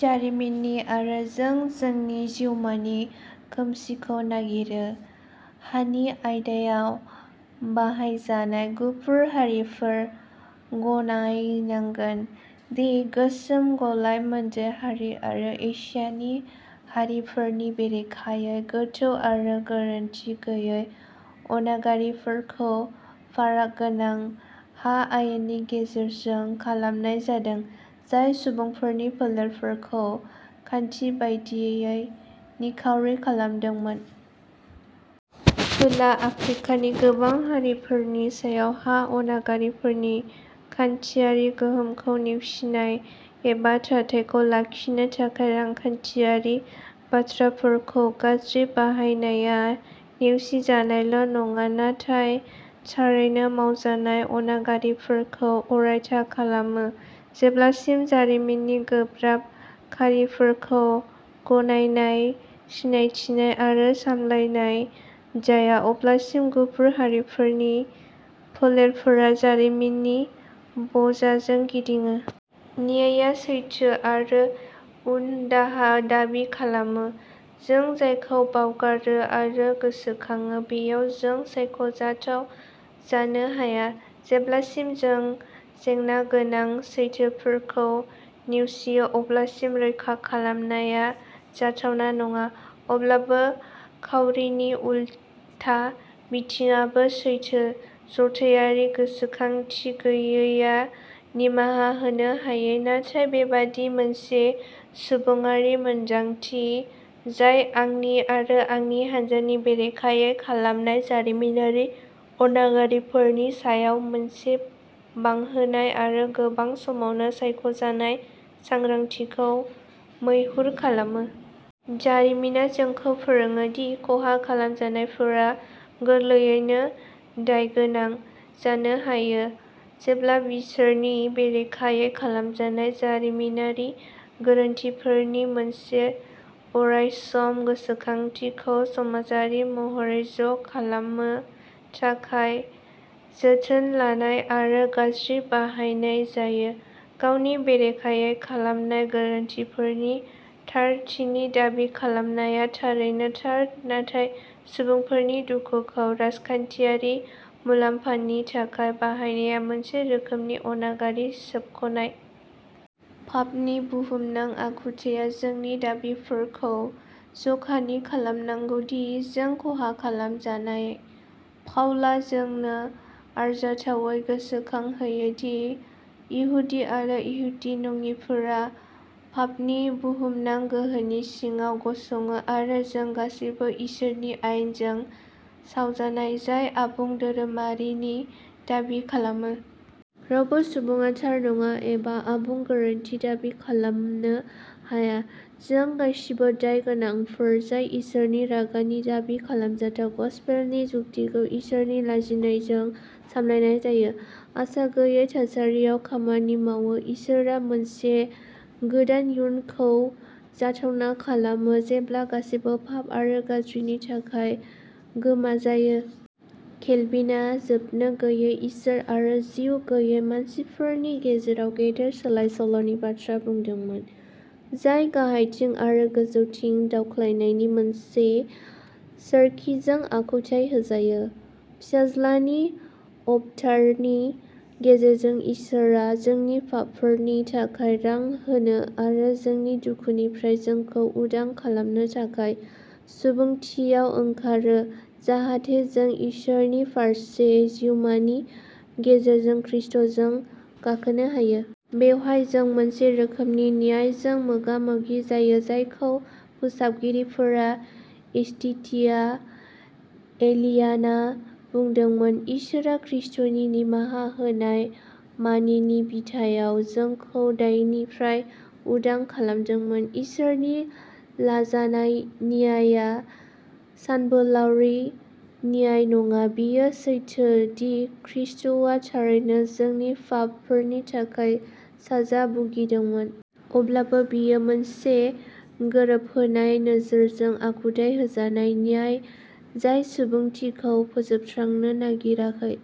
जारिमिननि आरो जों जोंनि जिउमानि खोमसिखौ नागिरो। हानि आयदायाव बाहायजानाय, गुफुर हारिफोरा गनायनांगोन दि गोसोम, गलाय-मोनदेर हारि आरो एसियानि हारिफोरनि बेरेखायै गोथौ आरो गोरोनथि गैयै अनागारिफोरखौ फाराग गोनां हा आयेननि गेजेरजों खालामनाय जादोंमोन, जाय सुबुंफोरनि फोलेरफोरखौ खान्थि बायदियै निखावरि खालामदोंमोन। खोला आफ्रिकानि गोबां हारिफोरनि सायाव हा अनागारिफोरनि खान्थियारि गोहोमखौ नेवसिनाय एबा थाथायखौ लाखिनो थाखाय रांखान्थियारि बाथ्राफोरखौ गाज्रि बाहायनाया नेवसिजानायल' नङा, नाथाय थारैनो मावजानाय अनागारिफोरखौ अरायथा खालामो। जेब्लासिम जारिमिननि गोब्राब खारिफोरखौ गनायनाय, सिनायथिनाय आरो सामलायनाय जाया, अब्लासिम गुफुर हारिफोरनि फोलेरफोरा जारिमिननि बजाजों गिदिङो। नियाइआ सैथो आरो उनदाहा दाबि खालामो। जों जायखौ बावगारो आरो गोसोखाङो बेयाव जों सायख' जाथाव जानो हाया। जेब्लासिम जों जेंनागोनां सैथोफोरखौ नेवसियो अब्लासिम रैखा खालामनाया जाथावना नङा। अब्लाबो, खावरिनि उलथा बिथिंआबो सैथो। जथायारि गोसोखांथि गैयैआ निमाहा होनो हायै नाथाय बेबादि मोनसे सुबुङारि मोनदांथि, जाय आंनि आरो आंनि हान्जानि बेरेखायै खालामनाय जारिमिनारि अनागारिफोरनि सायाव मोनसे बांहोनाय आरो गोबां समावनो सायख' जानाय सांग्रांथिखौ मैहुर खालामो। जारिमिना जोंखौ फोरोङो दि खहा खालामजानायफोरा गोरलैयैनो दायगोनां जानो हायो, जेब्ला बिसोरनि बेरेखायै खालामजानाय जारिमिनारि गोरोन्थिफोरनि मोनसे अरायसम गोसोखांथिखौ समाजारि महरै ज' खालामनो थाखाय जोथोन लानाय आरो गाज्रि बाहायनाय जायो। गावनि बेरेखायै खालामनाय गोरोन्थिफोरनि थारथिनि दाबि खालामनाया थारैनो थार, नाथाय सुबुंफोरनि दुखुखौ राजखान्थियारि मुलाम्फानि थाखाय बाहायनाया मोनसे रोखोमनि अनागारि सोबख'नाय। फाफनि बुहुमनां आखुथाया जोंनि दाबिफोरखौ जखानि खालामनांगौ दि जों खहा खालामजानाय। पाउला जोंनो आरजाथावै गोसोखांहोयो दि इहुदि आरो इहुदि नङिफोरा फाफनि बुहुमनां गोहोनि सिङाव गसङो आरो जों गासैबो इसोरनि आयेनजों सावजानाय, जाय आबुं धोरोमारिनि दाबि खालामो। रावबो सुबुङा थार नङा एबा आबुं गोरोनथि दाबि खालामनो हाया। जों गासैबो दायगोनांफोर जाय इसोरनि रागानि दाबि खालामजाथाव। गसपेलनि जुक्तिखौ इसोरनि लाजिनायजों सामलायनाय जायो। आसागैयै थासारियाव खामानि मावो इसोरआ मोनसे गोदान इयुनखौ जाथावना खालामो जेब्ला गासैबो फाफ आरो गाज्रिनि थाखाय गोमाजायो। केलभिन आ जोबनोगैयै इसोर आरो जिउ गैयै मानसिफोरनि गेजेराव गेदेर सोलाय-सोल'नि बाथ्रा बुंदोंमोन, जाय गाहायथिं आरो गोजौथिं दावख्लायनायनि मोनसे सोरखिजों आखुथाइ होजायो। फिसाज्लानि अबतारनि गेजेरजों, इसोरआ जोंनि फाफफोरनि थाखाय रां होनो आरो जोंनि दुखुनिफ्राय जोंखौ उदां खालामनो थाखाय सुबुंथियाव ओंखारो जाहाथे जों इसोरनि फारसे जिउमानि गेजेरजों ख्रिस्ट’जों गाखोनो हायो। बेवहाय जों मोनसे रोखोमनि नियाइजों मोगा-मोगि जायो जायखौ फोसाबगिरिफोरा इस्टिटिया एलियाना बुंदोंमोन इसोरा ख्रिस्ट’नि निमाहा होनाय मानिनि बिथायाव जोंखौ दायनिफ्राय उदां खालामदोंमोन। इसोरनि लाजानाय नियाइआ सानबोलावरि नियाइ नङा बेयो सैथो दि ख्रिस्ट’आ थारैनो जोंनि फाफ फोरनि थाखाय साजा भुगिदोंमोन। अब्लाबो बेयो मोनसे गोरोबहोनाय नोजोरजों आखुथाइ होजानाय नियाइ जाय सुबुंथिखौ फोजोबस्रांनो नागिराखै।